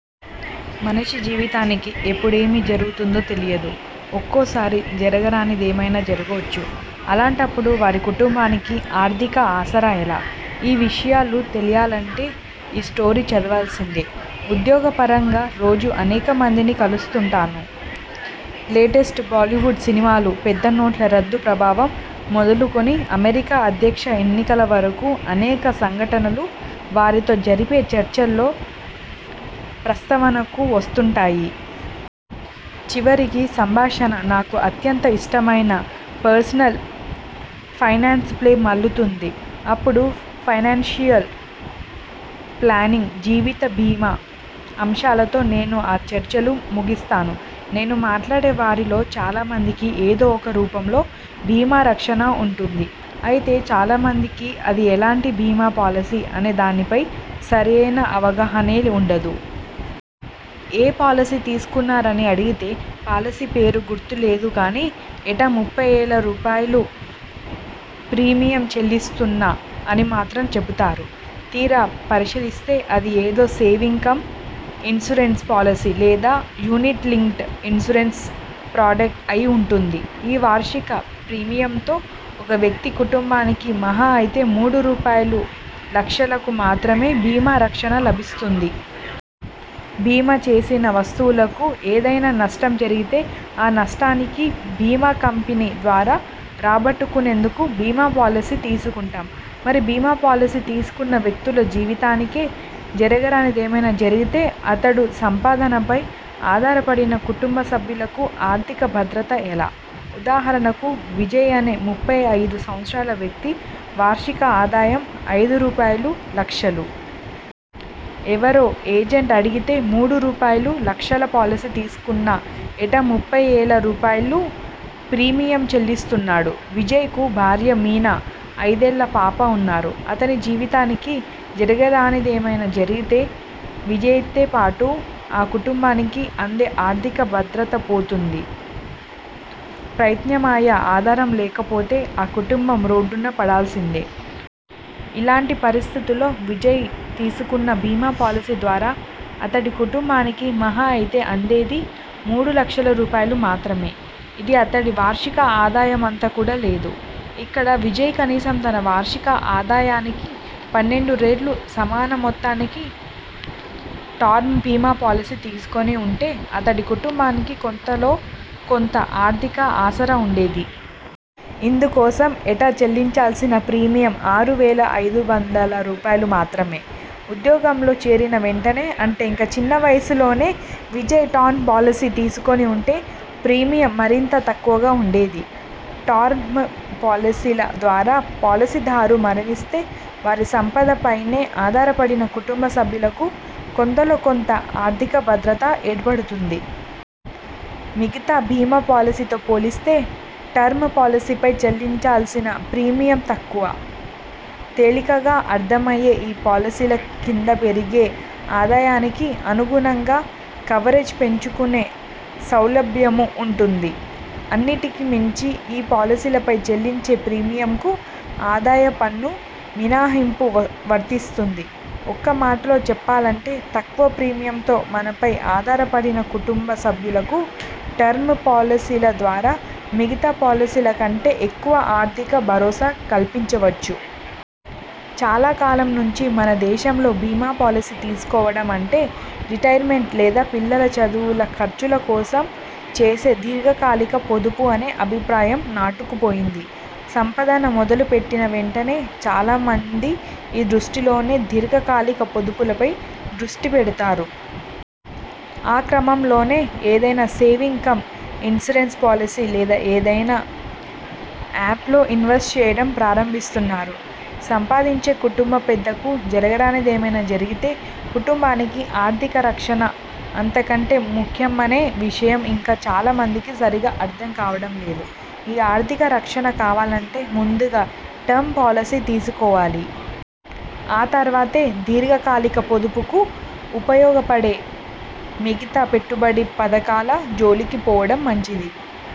మనిషి జీవితానికి ఎప్పుడేమి జరుగుతుందో తెలియదు. ఒక్కోసారి జరగరానిది ఏమైనా జరగవచ్చు. అలాంటపుడు వారి కుటుంబానికి 'ఆర్థిక' ఆసరా ఎలా? ఈ విషయాలు తెలియాలంటే ఈ స్టోరీ చదవాల్సిందే. ఉద్యోగపరంగా రోజూ అనేక మందిని కలుస్తుంటాను. లేటెస్ట్ బాలీవుడ్ సినిమాలు, పెద్ద నోట్ల రద్దు ప్రభావం మొదలుకుని అమెరికా అధ్యక్ష ఎన్నికల వరకు అనేక సంఘటనలు వారితో జరిపే చర్చల్లో ప్రస్తావనకు వస్తుంటాయి. చివరికి సంభాషణ నాకు అత్యంత ఇష్టమైన పర్సనల్ ఫైనాన్స్వైప్లే మళ్లుతుంది. అపుడు ఫైనాన్షియల్ ప్లానింగ్, జీవిత బీమా అంశాలతో నేను ఆ చర్చలు ముగిస్తాను. నేను మాట్లాడే వారిలో చాలా మందికి ఏదో ఒక రూపంలో బీమా రక్షణ ఉంటుంది. అయితే చాలా మందికి అది ఎలాంటి బీమా పాలసీ అనే దానిపై సరి అయిన అవగాహనే ఉండదు. ఏ పాలసీ తీసుకున్నారని అడిగితే 'పాలసీ పేరు గుర్తు లేదు గానీ ఏటా ముప్పై వేల రూపాయలుప్రీమియం చెల్లిస్తున్నా' అని మాత్రం చెబుతారు. తీరా పరిశీలిస్తే అది ఏదో సేవింగ్ కమ్ ఇన్సూరెన్స్ పాలసీ లేదా యూనిట్ లింక్డ్ ఇన్సూరెన్స్ ప్రొడక్ట్' అయి ఉంటుంది. ఈ వార్షిక ప్రీమియంతో ఒక వ్యక్తి కుటుంబానికి మహా అయితే మూడు రూపాయలులక్షలకు మాత్రమే బీమా రక్షణ లభిస్తుంది. బీమా చేసిన వస్తువులకు ఏదైనా నష్టం జరిగితే ఆ నష్టానికి బీమా కంపెనీ ద్వారా రాబట్టుకునేందుకు బీమా పాలసీ తీసుకుంటాం. మరి బీమా పాలసీ తీసుకున్న వ్యక్తుల జీవితానికే జరగరానిదేమైనా జరిగితే? అతడు ె సంపాదనపై ఆధారపడిన కుటుంబ సభ్యులకు 'ఆర్థిక' భద్రత ఎలా?. ఉదాహరణకు విజయ్ అనే ముప్పై ఐదు సంవత్సరాల వ్యక్తి వార్షిక ఆదాయం ఐదు రూపాయలులక్షలు. ఎవరో ఏజెంట్ అడిగితే మూడు రూపాయలులక్షల పాలసీ తీసుకుని ఏటా ముప్పై వేల రూపాయలుప్రీమియం చెల్లిస్తున్నాడు. విజయ్కు భార్య మీనా, ఐదేళ్ల పాప ఉన్నారు. అతడి జీవితానికి జరగరానిదేమైనా జరిగితే? విజయ్తో పాటు ఆ కుటుంబానికి అందే 'ఆర్థిక' భద్రతాపోతుంది. ప్రత్యమాయ ఆధారం లేకపోతే ఆ కుటుంబం రోడ్డున పడాల్సిందే. ఇలాంటి పరిస్థితుల్లో విజయ్ తీసుకున్న బీమా పాలసీ ద్వారా అతడి కుటుంబానికి మహా అయితే అందేది మూడు లక్షల రూపాయలు మాత్రమే. ఇది అతడి వార్షిక ఆదాయమంత కూడా లేదు. ఇక్కడ విజయ్ కనీసం తన వార్షిక ఆదాయానికి పన్నెండు రెట్లు సమాన మొత్తానికి టర్మ్ బీమా పాలసీ తీసుకుని ఉంటే అతడి కుటుంబానికి కొంతలో కొంత ఆర్థిక ఆసరా ఉండేది. ఇందుకోసం ఏటా చెల్లించాల్సిన ప్రీమియం ఆరు వేల ఐదు వందల రూపాయలుమాత్రమే. ఉద్యోగంలో చేరిన వెంటనే అంటే ఇంకా చిన్న వయసులోనే విజయ్ టర్మ్ పాలసీ తీసుకుని ఉంటే ప్రీమియం మరింత తక్కువగా ఉండేది. టర్మ్ పాలసీల ద్వారా పాలసీదారు మరణిస్తే వారి సంపాదనపైనే ఆధారపడిన కుటుంబ సభ్యులకు కొంతలో కొంత ఆర్థిక భద్రత ఏర్పడుతుంది. మిగతా బీమా పాలసీతో పోలిస్తే టర్మ్ పాలసీలపై చెల్లించాల్సిన ప్రీమియం తక్కువ. తేలికగా అర్థమయ్యే ఈ పాలసీల కింద పెరిగే ఆదాయానికి అనుగుణంగా కవరేజ్ పెంచుకునే సౌలభ్యమూ ఉంటుంది. అన్నిటికి మించి ఈ పాలసీలపై చెల్లించే ప్రీమియంకు ఆదాయ పన్ను మినహాయింపూ వర్తిస్తుంది. ఒక్క మాటలో చెప్పాలంటే తక్కువ ప్రీమియంతో మనపై ఆధారపడిన కుటుంబ సభ్యులకు టర్మ్ పాలసీల ద్వారా మిగతా పాలసీల కంటే ఎక్కువ 'ఆర్థిక' భరోసా కల్పించవచ్చు. చాలా కాలం నుంచి మన దేశంలో బీమా పాలసీ తీసుకోవడం అంటే రిటైర్మెంట్ లేదా పిల్లల చదువుల ఖర్చుల కోసం చేసే దీర్ఘకాలిక పొదుపు అనే అభిప్రాయం నాటుకుపోయింది. సంపదన మొదలు పెట్టిన వెంటనే చాలా మంది ఈ దృష్టితోనే దీర్ఘకాలిక పొదుపులపై దృష్టి పెడతారు. ఆ క్రమంలోనే ఏదైనా సేవింగ్ కమ్ ఇన్సూరెన్స్ పాలసీ లేదా ఏదైనా యుప్ లో ఇన్వెస్ట్ చేయడం ప్రారంభిస్తున్నారు. సంపాదించే కుటుంబ పెద్దకు జరగరానిదేమైనా జరిగితే, కుటుంబానికి ఆర్థిక రక్షణ అంతకంటే ముఖ్యమనే విషయం ఇంకా చాలా మందికి సరిగా అర్థం కావడం లేదు. ఈ ఆర్థిక రక్షణ కావాలంటే ముందుగా టర్మ్ పాలసీ తీసుకోవాలి. ఆ తర్వాతే దీర్ఘకాలిక పొదుపుకు ఉపయోగపడే మిగతా పెట్టుబడి పథకాల జోలికి పోవడం మంచిది.